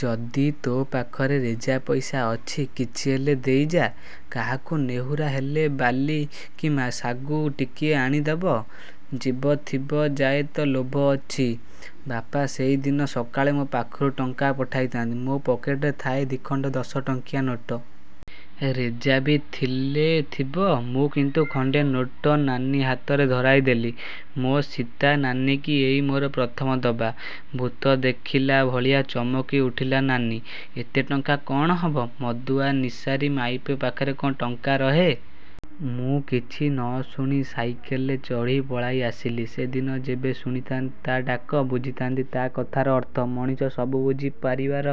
ଯଦି ତୋ ପାଖରେ ରେଜା ପଇସା ଅଛି କିଛି ହେଲେ ଦେଇଯା। କାହାକୁ ନେହୁରା ହେଲେ ବାଲି କି ସାଗୁ ଟିକିଏ ଆଣିଦବ। ଜୀବ ଥିବା ଯାଏ ତ ଲୋଭ ଅଛି। ବାପା ସେଇ ଦିନ ସକାଳେ ମୋ ପାଖକୁ ଟଙ୍କା ପଠାଇ ଥାନ୍ତି। ମୋ ପକେଟରେ ଥାଏ ଦିଖଣ୍ଡ ଦଶ ଟଙ୍କିଆ ନୋଟ। ରେଜାବି ଥିଲେ ଥିବ। ମୁଁ କିନ୍ତୁ ଖଣ୍ଡେ ନୋଟ ନାନୀ ହାତରେ ଧରାଇ ଦେଲି। ମୋ ସୀତା ନାନୀକି ଏଇ ମୋର ପ୍ରଥମ ଦବା। ଭୂତ ଦେଖିଲା ଭଳିଆ ଚମକି ଉଠିଲା ନାନୀ। ଏତେ ଟଙ୍କା କ'ଣ ହବ? ମଦୁଆ ନିଶାରୀ ମାଇପ ପାଖରେ କ'ଣ ଟଙ୍କା ରହେ? ମୁଁ କିଛି ନଶୁଣି ସାଇକେଲରେ ଚଢ଼ି ପଳାଇ ଆସିଲି। ସେଦିନ ଯେବେ ଶୁଣିଥାନ୍ତି ତା' ଡାକ, ବୁଝିଥାନ୍ତି ତା' କଥାର ଅର୍ଥ। ମଣିଷ ସବୁ ବୁଝି ପାରିବାର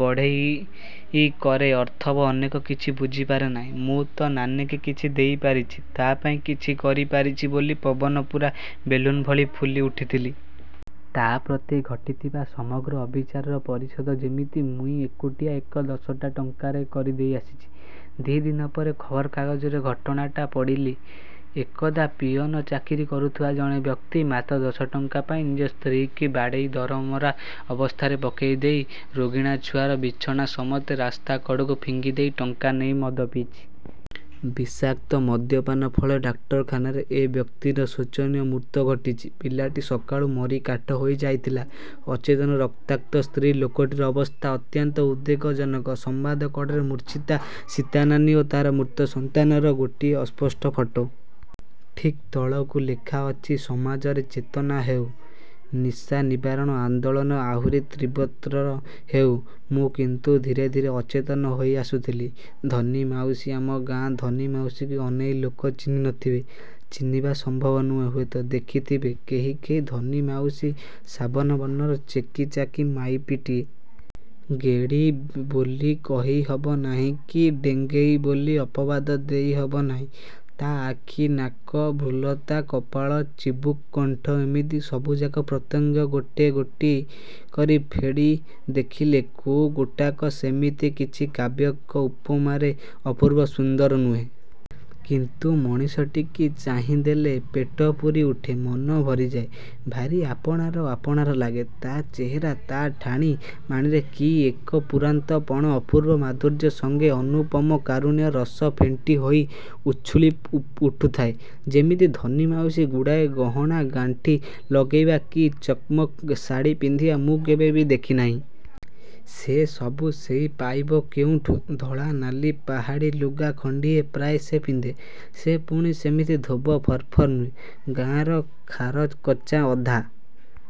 ବଡ଼େଇ କରେ ଅଥଚ ଅନେକ କିଛି ବୁଝିପାରେ ନାହିଁ-। ମୁଁ ତ ନାନୀକି କିଛି ଦେଇ ପାରିଛି, ତା' ପାଇଁ କିଛି କରି ପାରିଛି ବୋଲି ପବନ ପୁରା ବେଲୁନ୍ ଭଳି ଫୁଲି ଉଠୁଥିଲି। ତା' ପ୍ରତି ଘଟିଥିବା ସମଗ୍ର ଅବିଚାରର ପରିଶୋଧ ଯେମିତି ମୁଁଇ ଏକୁଟିଆ ଏଇ ଦଶଟା ଟଙ୍କାରେ କରି ଦେଇ ଆସିଛି। ଦି' ଦିନ ପରେ ଖବରକାଗଜରୁ ଘଟଣାଟା ପଢ଼ିଲି। ଏକଦା ପିଅନ ଚାକିରି କରୁଥିବା ଜଣେ ବ୍ୟକ୍ତି, ମାତ୍ର ଦଶଟଙ୍କା ପାଇଁ ନିଜ ସ୍ତ୍ରୀ' କି ବାଡ଼େଇ ଦରମରା ଅବସ୍ଥାରେ ପକେଇ ଦେଇ, ରୋଗିଣା ଛୁଆର ବିଛଣା ସମେତ ରାସ୍ତା କଢ଼କୁ ଫିଙ୍ଗିଦେଇ, ଟଙ୍କା ନେଇ ମଦ ପିଇଛି। ବିଷାକ୍ତ ମଦ୍ୟପାନ ଫଳରେ ଡାକ୍ତରଖାନାରେ ଏ ବ୍ୟକ୍ତିର ଶୋଚନୀୟ ମୁତ୍ୟୁ ଘଟିଚି। ପିଲାଟି ସକାଳୁ ମରି କାଠ ହୋଇ ଯାଇଥିଲା। ଅଚେତନ ରକ୍ତାକ୍ତ ସ୍ତ୍ରୀ ଲୋକଟିର ଅବସ୍ଥା ଅତ୍ୟନ୍ତ ଉଦ୍ବେଗଜନକ। ସମ୍ବାଦ କଡ଼ରେ ମୂର୍ଚ୍ଛିତା ସୀତାନାନୀ ଓ ତା'ର ମୃତ ସନ୍ତାନ ର ଗୋଟିଏ ଅସ୍ପଷ୍ଟ ଫଟୋ। ଠିକ୍ ତଳକୁ ଲେଖା ଅଛି–''ସମାଜର ଚେତନା ହେଉ। ନିଶାନିବାରଣ ଆନ୍ଦୋଳନ ଆହୁରି ତୀବ୍ରତର ହେଉ। " ମୁଁ କିନ୍ତୁ ଧୀରେ ଧୀରେ ଅଚେତନ ହୋଇ ଆସୁଥିଲି। ଧନୀ ମାଉସୀ ଆମ ଗାଁ ଧନୀ ମାଉସୀକି ଅନେକ ଲୋକ ଚିହ୍ନି ନଥିବେ। ଚିହ୍ନିବା ସମ୍ଭବ ନୁହେଁ ହୁଏତ ଦେଖିଥିବେ କେହି କେହି ଧନୀ ମାଉସୀ ସାବନ ବର୍ଣ୍ଣର ଚେକି ଚାକି ମାଇପିଟିଏ। ଗେଡ଼ି ବୋଲି କହି ହବ ନାହିଁ କି ଡେଙ୍ଗେଇ ବୋଲି ଅପବାଦ ଦେଇ ହବ ନାହିଁ। ତା' ଆଖି, ନାକ, ଭୃଲତା, କପାଳ, ଚିବୁକ କଣ୍ଠ ଏମିତି ସବୁଯାକ ପ୍ରତ୍ୟଙ୍ଗ ଗୋଟି ଗୋଟି କରି ଫେଡ଼ି ଦେଖିଲେ, କୋଉ ଗୋଟାକ ସେମିତି କିଛି, କାବ୍ୟିକ ଉପମାରେ ଅପୂର୍ବ ସୁନ୍ଦର ନୁହେଁ। କିନ୍ତୁ ମଣିଷଟିକି ଚାହିଁଦେଲେ ପେଟପୁରି ଉଠେ। ମନ ଭରିଯାଏ। ଭାରି ଆପଣାର ଆପଣାର ଲାଗେ। ତା' ଚେହେରା ତା' ଠାଣି ମାଣିରେ କି ଏକ ପୂରନ୍ତା ପଣ, ଅପୂର୍ବ ମାଧୁର୍ଯ୍ୟ ସଙ୍ଗେ ଅନୁପମ କାରୁଣ୍ୟ ରସ ଫେଣ୍ଟି ହୋଇ ଉଛୁଳି ଉଠୁଥାଏ ଯେମିତି। ଧନୀ ମାଉସୀ ଗୁଡ଼ାଏ ଗହଣା ଗାଣ୍ଠି ଲଗେଇବା, କି ଚକ୍ ମକ୍ ଶାଢ଼ି ପିନ୍ଧିବା, ମୁଁ କେବେ ବି ଦେଖିନାହିଁ। ସେ ସବୁ ସେ ପାଇବ କେଉଠୁ? ଧଳା, ନାଲି ପାହାଡ଼ି ଲୁଗା ଖଣ୍ଡିଏ, ପ୍ରାୟ ସେ ପିନ୍ଧେ-। ସେ ପୁଣି ସେମିତି ଧୋବ ଫର ଫର ନୁହେଁ। ଗାଁ'ର ଖାରକଚା ଅଧା